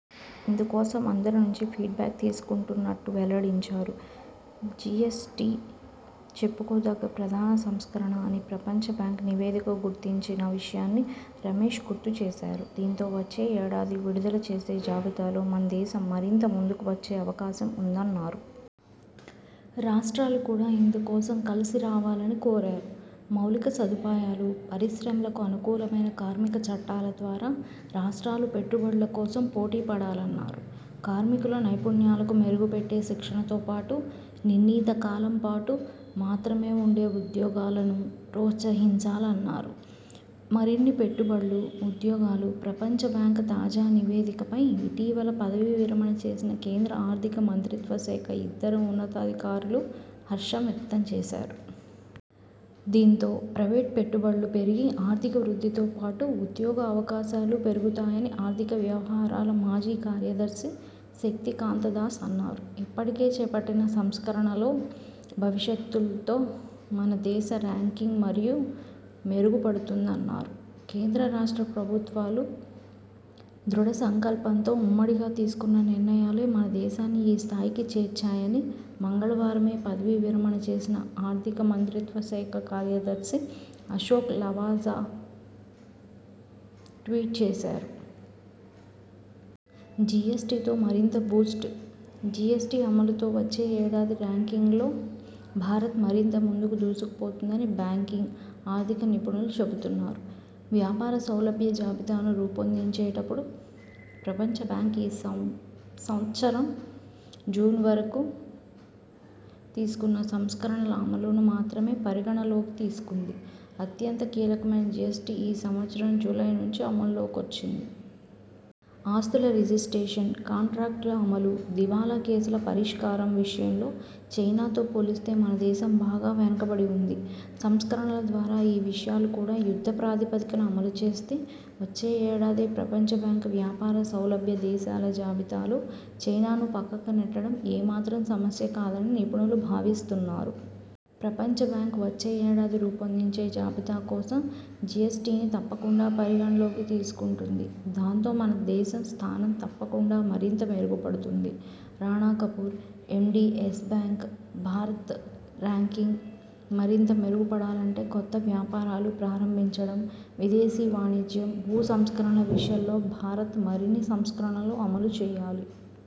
ఇందుకోసం అందరి నుంచి ఫీడ్ బ్యాక్ తీసుకుంటున్నట్టు వెల్లడించారు. జిఎ్సటి చెప్పుకోదగ్గ ప్రధాన సంస్కరణ అని ప్రపంచ బ్యాంక్ నివేదిక గుర్తించిన విషయాన్ని రమేశ్ గుర్తు చేశారు. దీంతో వచ్చే ఏడాది విడుదల చేసే జాబితాలో మన దేశం మరింత ముందుకు వచ్చే అవకాశం ఉందన్నారు. రాష్ట్రాలు కూడా ఇందుకోసం కలిసి రావాలని కోరారు. మౌలిక సదుపాయాలు, పరిశ్రమలకు అనుకూలమైన కార్మిక చట్టాల ద్వారా రాష్ట్రాలు పెట్టుబడుల కోసం పోటీపడాలన్నారు. కార్మికుల నైపుణ్యాలకు మెరుగుపెట్టే శిక్షణతోపాటు నిర్ణీత కాలం పాటు మాత్రమే ఉండే ఉద్యోగాలనూ ప్రోత్సహించాలన్నారు. మరిన్ని పెట్టుబడులు, ఉద్యోగాలు ప్రపంచ బ్యాంక్ తాజా నివేదికపై ఇటీవల పదవీ విరమణ చేసిన కేంద్ర ఆర్థిక మంత్రిత్వ శాఖ ఇద్దరు ఉన్నతాధికారులూ హర్షం వ్యక్తం చేశారు. దీంతో ప్రైవేట్ పెట్టుబడులు పెరిగి ఆర్థిక వృద్ధితోపాటు ఉద్యోగ అవకాశాలూ పెరుగుతాయని ఆర్థిక వ్యవహారాల మాజీ కార్యదర్శి శక్తికాంత దాస్ అన్నారు. ఇప్పటికే చేపట్టిన సంస్కరణలో భవిష్యత్లో మన దేశ ర్యాంకింగ్ మరింత మెరుగు పడుతుందన్నారు. కేంద్ర-రాష్ట్ర ప్రభుత్వాలు దృఢ సంకల్పంతో ఉమ్మడిగా తీసుకున్న నిర్ణయాలే మన దేశాన్ని ఈ స్థాయికి చేర్చాయని మంగళవారమే పదవీ విరమణ చేసిన ఆర్థిక మంత్రిత్వ శాఖ కార్యదర్శి అశోక్ లవాసా ట్వీట్ చేశారు. జిఎ్సటితో మరింత బూస్ట్ జిఎ్సటి అమలుతో వచ్చే ఏడాది ర్యాంకింగ్లో భారత్ మరింత ముందుకు దూసుకుపోతుందని బ్యాంకింగ్, ఆర్థిక నిపుణులు చెబుతున్నారు. వ్యాపార సౌలభ్య జాబితాను రూపొందించేటపుడు ప్రపంచ బ్యాంక్ ఈ సంవ్సరం జూన్ వరకు తీసుకున్న సంస్కరణల అమలును మాత్రమే పరిగణనలోకి తీసుకుంది. అత్యంత కీలకమైన జిఎ్సటి ఈ సంవత్సరం జూలై నుంచి అమల్లోకి వచ్చింది. ఆస్తుల రిజిస్ట్రేషన్, కాంట్రాక్టుల అమలు, దివాలా కేసుల పరిష్కారం విషయంలో చైనాతో పోలిస్తే మన దేశం బాగా వెనకబడి ఉంది. సంస్కరణల ద్వారా ఈ విషయాలు కూడా యుద్ధ ప్రాతిపదికన అమలు చేస్తే వచ్చే ఏడాదే ప్రపంచ బ్యాంక్ వ్యాపార సౌలభ్య దేశాల జాబితాలో చైనాను పక్కకు నెట్టడం ఏ మాత్రం సమస్య కాదని నిపుణులు భావిస్తున్నారు. ప్రపంచ బ్యాంక్ వచ్చే ఏడాది రూపొందించే జాబితా కోసం జిఎ్సటిని తప్పకుండా పరిగణనలోకి తీసుకుంటుంది. దాంతో మన దేశం స్థానం తప్పకుండా మరింత మెరుగుపడుతుంది. -Rana Kapoor, MD, Yes Bank Bharat ranking మరింత మెరుగుపడాలంటే కొత్త వ్యాపారాలు ప్రారంభించడం, విదేశీ వాణిజ్యం, భూ సంస్కరణల విషయాల్లో భారత్ మరిన్ని సంస్కరణలు అమలు చేయాలి.